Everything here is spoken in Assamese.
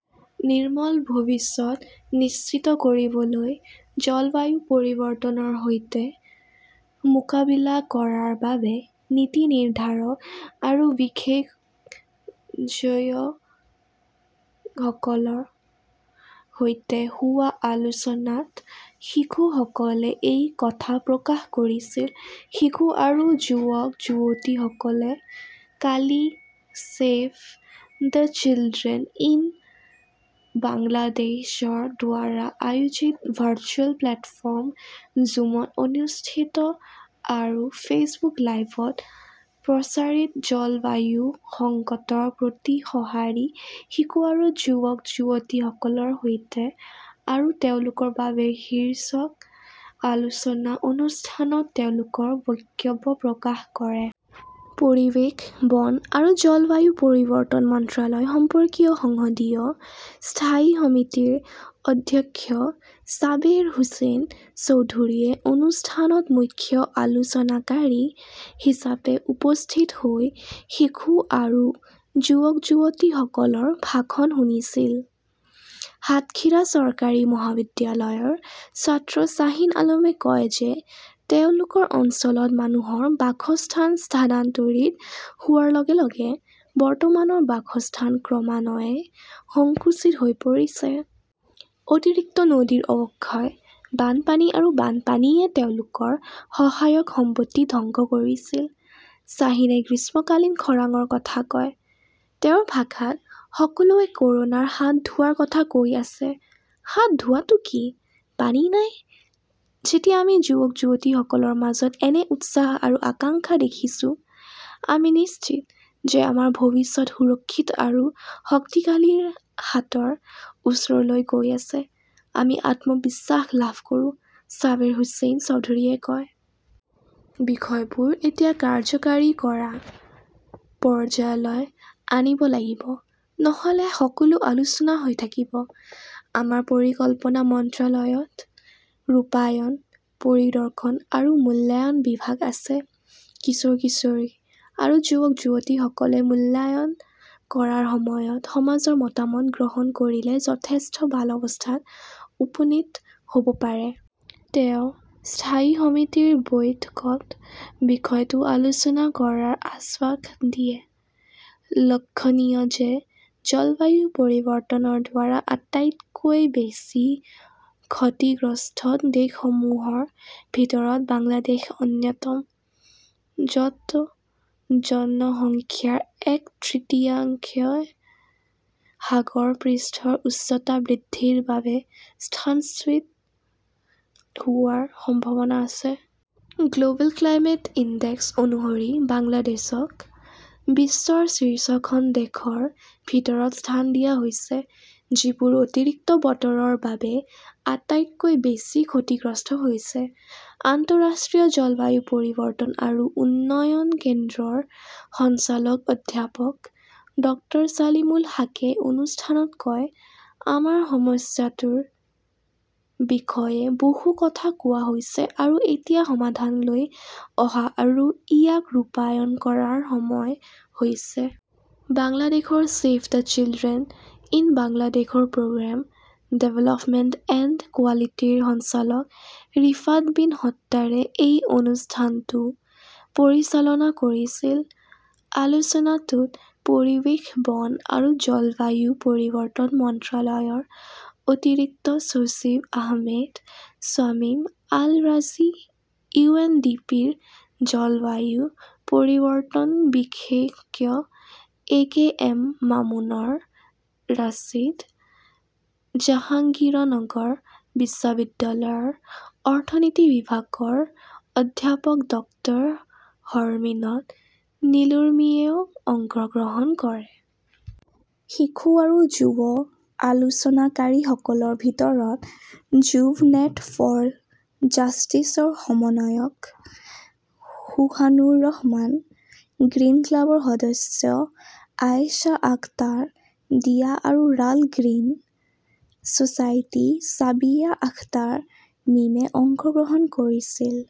নিৰ্মল ভৱিষ্যত নিশ্চিত কৰিবলৈ জলবায়ু পৰিৱৰ্তনৰ সৈতে মোকাবিলা কৰাৰ বাবে নীতি নিৰ্ধাৰক আৰু বিশেষজয়সকলৰ সৈতে হোৱা আলোচনাত শিশুসকলে এই কথা প্ৰকাশ কৰিছিল। শিশু আৰু যুৱক-যুৱতীসকলে কালি ছেভ দ্য চিলড্ৰেন ইন বাংলাদেশৰ দ্বাৰা আয়োজিত ভাৰ্চুৱেল প্লেটফৰ্ম জুমত অনুষ্ঠিত আৰু ফেচবুক লাইভত প্ৰচাৰিত 'জলবায়ু সংকটৰ প্ৰতি সঁহাৰি: শিশু আৰু যুৱক-যুৱতীসকলৰ সৈতে আৰু তেওঁলোকৰ বাবে' শীৰ্ষক আলোচনা অনুষ্ঠানত তেওঁলোকৰ বক্তব্য প্ৰকাশ কৰে। পৰিৱেশ, বন আৰু জলবায়ু পৰিৱৰ্তন মন্ত্ৰালয়, সম্পৰ্কীয় সংসদীয় স্থায়ী সমিতিৰ অধ্যক্ষ ছাবেৰ হোসেন চৌধুৰীয়ে অনুষ্ঠানত মুখ্য আলোচনাকাৰী হিচাপে উপস্থিত হৈ শিশু আৰু যুৱক-যুৱতীসকলৰ ভাষণ শুনিছিল। সাতক্ষীৰা চৰকাৰী মহাবিদ্যালয়ৰ ছাত্ৰ শ্বাহীন আলমে কয় যে, তেওঁলোকৰ অঞ্চলত মানুহৰ বাসস্থান স্থানান্তৰিত হোৱাৰ লগে লগে বৰ্তমানৰ বাসস্থান ক্ৰমান্বয়ে সংকুচিত হৈ পৰিছে। অতিৰিক্ত নদীৰ অৱক্ষয়, বানপানী আৰু বানপানীয়ে তেওঁলোকৰ সহায়ক সম্পত্তি ধ্বংস কৰিছিল। শ্বাহীনে গ্ৰীষ্মকালীন খৰাঙৰ কথা কয়। তেওঁৰ ভাষাত, "সকলোৱে ক'ৰোনাৰ হাত ধোৱাৰ কথা কৈ আছে, হাত ধোৱাটো কি? পানী নাই?" যেতিয়া আমি যুৱক-যুৱতীসকলৰ মাজত এনে উৎসাহ আৰু আকাংক্ষা দেখিছোঁ, আমি নিশ্চিত যে আমাৰ ভৱিষ্যত সুৰক্ষিত আৰু শক্তিশালী হাতৰ ওচৰলৈ গৈ আছে, আমি আত্মবিশ্বাস লাভ কৰোঁ, চাবেৰ হুছেইন চৌধুৰীয়ে কয়। বিষয়বোৰ এতিয়া কাৰ্যকৰী কৰা পৰ্যায়লৈ আনিব লাগিব, নহ'লে সকলো আলোচনা হৈ থাকিব। আমাৰ পৰিকল্পনা মন্ত্ৰালয়ত ৰূপায়ণ, পৰিদৰ্শন আৰু মূল্যায়ন বিভাগ আছে। কিশোৰ-কিশোৰী আৰু যুৱক-যুৱতীসকলে মূল্যায়ন কৰাৰ সময়ত সমাজৰ মতামত গ্ৰহণ কৰিলে যথেষ্ট ভাল অৱস্থাত উপনীত হ'ব পাৰে। তেওঁ, স্থায়ী সমিতিৰ বৈঠকত বিষয়টো আলোচনা কৰাৰ আশ্বাস দিয়ে। লক্ষণীয় যে, জলবায়ু পৰিৱৰ্তনৰ দ্বাৰা আটাইতকৈ বেছি ক্ষতিগ্ৰস্ত দেশসমূহৰ ভিতৰত বাংলাদেশ অন্যতম, য'ত জনসংখ্যাৰ এক তৃতীয়াংশই সাগৰ পৃষ্ঠৰ উচ্চতা বৃদ্ধিৰ বাবে স্থানচ্যুত হোৱাৰ সম্ভাৱনা আছে। গ্ল'বেল ক্লাইমেট ইনডেক্স অনুসৰি, বাংলাদেশক বিশ্বৰ শীৰ্ষখন দেশৰ ভিতৰত স্থান দিয়া হৈছে, যিবোৰ অতিৰিক্ত বতৰৰ বাবে আটাইতকৈ বেছি ক্ষতিগ্ৰস্ত হৈছে। আন্তঃৰাষ্ট্ৰীয় জলবায়ু পৰিৱৰ্তন আৰু উন্নয়ন কেন্দ্ৰৰ সঞ্চালক অধ্যাপক ডক্টৰ ছালিমুল হাকে অনুষ্ঠানত কয়, "আমাৰ সমস্যাটোৰ বিষয়ে বহু কথা কোৱা হৈছে আৰু এতিয়া সমাধানলৈ অহা আৰু ইয়াক ৰূপায়ণ কৰাৰ সময় হৈছে।" বাংলাদেশৰ ছেভ দ্য চিলড্ৰেন ইন বাংলাদেশৰ প্ৰগ্ৰেম ডেভেলপমেণ্ট এণ্ড কোৱালিটিৰ সঞ্চালক ৰিফাত বিন শট্টাৰে এই অনুষ্ঠানটো পৰিচালনা কৰিছিল। আলোচনাটোত পৰিৱেশ, বন আৰু জলবায়ু পৰিৱৰ্তন মন্ত্ৰালয়ৰ অতিৰিক্ত সচিব Ahmed Shamim Al Razi, U N D পিৰ জলবায়ু পৰিৱৰ্তন বিশেষজ্ঞ A K M Mamunur Rashid, Jahangirnagar বিশ্ববিদ্যালয়ৰ অৰ্থনীতি বিভাগৰ অধ্যাপক ডক্টৰ শৰ্মিনদ নিলোৰ্মীয়েও অংশগ্ৰহণ কৰে। শিশু আৰু যুৱ আলোচনাকাৰীসকলৰ ভিতৰত যুৱ নেট ফৰ জাষ্টিছৰ সমন্বয়ক সোহানুৰ ৰহমান, গ্ৰীণ ক্লাবৰ সদস্য আয়েশা আখতাৰ দিয়া আৰু ৰাল গ্ৰীণ ছচাইটি ছাবিয়া আখতাৰ মিমে অংশগ্ৰহণ কৰিছিল।